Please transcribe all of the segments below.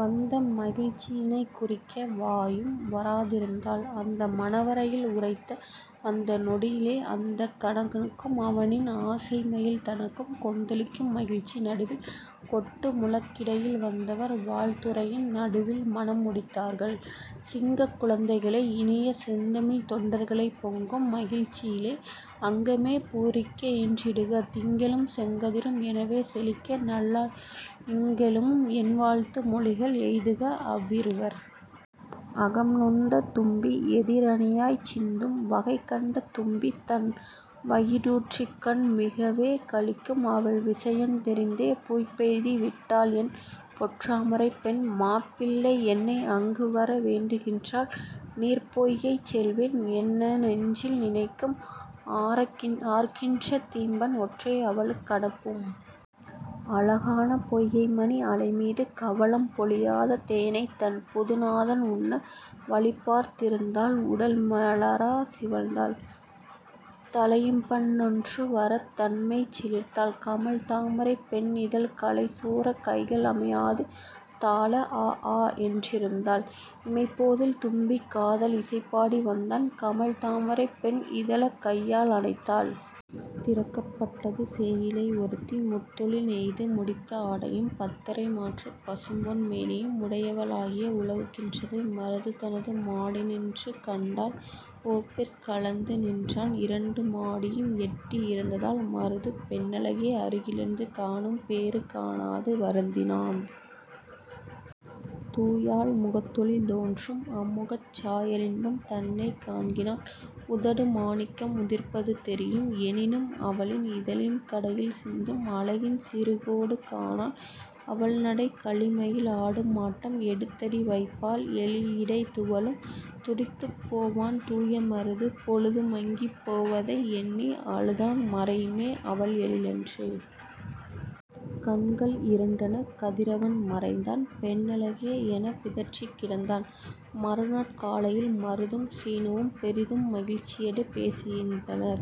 வந்த மகிழ்ச்சியினைக்--குறிக்க வாயும் வராதிருந்தாள். அந்த மணவறையில்--உரைத்த அந்த நொடியினிலே அந்தக் கணக்கனுக்கும்--அவனின் ஆசைமயில் தனக்கும் கொந்தளிக்கும் மகிழ்ச்சி--நடுவில் கொட்டு முழக்கிடையில் வந்தவர் வாழ்த்துரையின்--நடுவில் மணம் முடித்தார்கள். 'சிங்கக் குழந்தைகளை--இனிய செந்தமிழ்த் தொண்டர்களைப் பொங்கும் மகிழ்ச்சியிலே--அங்கமே பூரிக்க ஈன்றிடுக. திங்களும் செங்கதிரும்--எனவே செழிக்க நல்லாயுள்' இங்கெழும் என்வாழ்த்து--மொழிகள் எய்துக அவ்விருவர்! அகம் நொந்த தும்பி எதிர் அணியாகச் சிந்தும்! வகை கண்ட தும்பி தன் வயிடூரியக்கண் மிகவே களிக்கும் அவள் விஷயந் தெரிந்தே! 'பூப்பெய்தி விட்டாள்என் பொற்றாமரைப் பெண் மாப்பிள்ளை என்னை அங்கு வர வேண்டுகின்றாள் நீர்ப்பொய்கை செல்வேன்' என நெஞ்சில் நினைக்கும்; ஆர்க்கின்ற தீம்பண் ஒன்றை அவளுக் கனுப்பும்! அழகான பொய்கை மணி அலைமீது கமலம் பொழியாத தேனைத் தன் புதுநாதன் உண்ண வழிபார்த் திருந்தாள் உடல் மயலாற் சிவந்தாள்! தழையும்பண் ணொன்று வரத் தன்மெய் சிலிர்த்தாள். கமழ் தாமரைப் பெண் இதழ்க் கலைசோரக் கைகள் அமையாது தாழ ஆ! ஆ!! என்றிருந்தாள். இமைப்போதில் தும்பி காதல் இசை பாடி வந்தான் கமழ் தாமரைப் பெண் இதழ்க் கையால் அணைத்தாள். திறக்கப் பட்டது; சேயிழை ஒருத்தி, முத்தொளி நெய்து முடித்த ஆடையும், பத்தரை மாற்றுப் பசும்பொன் மேனியும் உடையவ ளாக உலவு கின்றதை 'மருது' தனது மாடியி னின்று கண்டான்; உவப்பிற் கலந்து நின்றான்! இரண்டு மாடியும் எட்டி இருந்ததால் மருது, பெண்ணழகை அருகி லிருந்து காணும் பேறு காணாது வருந்தினான்! தூயாள் முகத்தொளி தோன்றும்; அம்முகச் சாயலின்பம் தன்னைக் காண்கிலான்! உதடு மாணிக்கம் உதிர்ப்பது தெரியும்; எனினும் அவளின் இதழின் கடையில் சிந்தும் அழகின் சிறுகோடு காணான்! அவள்நடை, களிமயில் ஆடும் ஆட்டம்! எடுத்தடி வைப்பாள், எழிலிடை துவளும்; துடித்துப் போவான் தூய மருது! பொழுது மங்கிப் போவதை எண்ணி அழுதான் மறையுமே அவள் எழில்என்று! கண்கள் இருண்டன! கதிரவன் மறைந்தான்! பெண்ணழகே எனப் பிதற்றிக் கிடந்தான். மறுநாட் காலையில் மருதும் சீனுவும் பெரிதும் மகிழ்ச்சியடு பேசி யிருந்தனர்.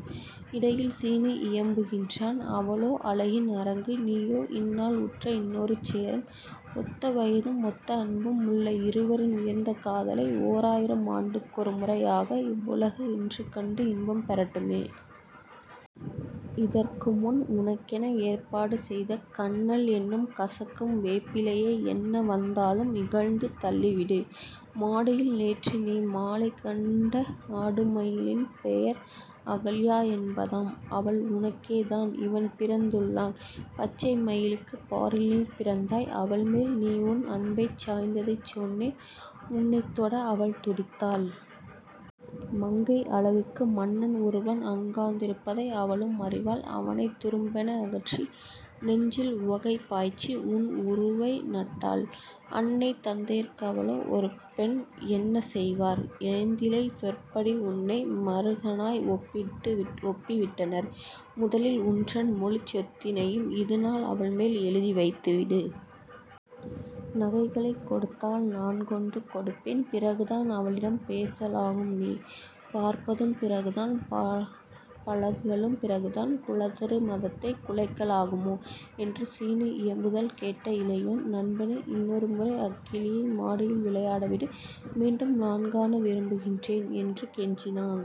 இடையில் சீனு இயம்பு கின்றான்: 'அவளோ அழகின் அரங்கு! நீயோ இந்நாள் உற்ற இன்னொரு சேரன்; ஒத்த வயதும், ஒத்த அன்பும், உள்ள இருவரின் உயர்ந்த காதலை ஓராயிரம் ஆண்டுக் கொருமுறை யாக இவ்வுலகு இன்றுகண்டு இன்பம் பெறட்டுமே! இதற்குமுன் உனக்கென ஏற்பாடு செய்த 'கன்னல்' என்னும் கசக்கும் வேப்பிலையை என்ன வந்தாலும் இகழ்ந்து தள்ளிவிடு! மாடியில், நேற்று மாலைநீ கண்ட ஆடுமயி லின்பெயர் அகல்யா என்பதாம், அவள் உனக்கேதான் இவண்பிறந் துள்ளாள்; பச்சை மயிலுக்குப் பாரில்நீ பிறந்தாய்; அவள்மேல் நீஉன் அன்பைச் சாய்த்ததைச் சொன்னேன்; உன்னைத்தொட அவள் துடித்தாள். மங்கை அழகுக்கு மன்னன் ஒருவன் அங்காந் திருப்பதை அவளும் அறிவாள்; அவனைத் துரும்பென அகற்றி, நெஞ்சில் உவகை பாய்ச்சிஉன் உருவை நட்டாள்! அன்னை தந்தையர்க் கவளோ ஒருபெண், என்ன செய்வார்? ஏந்திழை சொற்படி உன்னை மருகனாய் ஒப்பி விட்டனர். முதலில் உன்றன் முழுச்சொத் தினையும் இதுநாள் அவள்மேல் எழுதி வைத்துவிடு! நகைகளைக் கொடுத்தால் நான்கொண்டு கொடுப்பேன். பிறகுதான் அவளிடம் பேச லாகும்நீ! பார்ப்பதும் பிறகுதான்! பழகலும் பிறகுதான்! குலதரு மத்தைக் குலைக்க லாகுமா? என்று சீனு இயம்புதல் கேட்ட இளையோன் 'நண்பனே இன்னொரு முறைஅக் கிளியை மாடியில் விளையாட விடு; மீண்டும் நான்காண விரும்பு கின்றேன். ' என்று கெஞ்சினான்!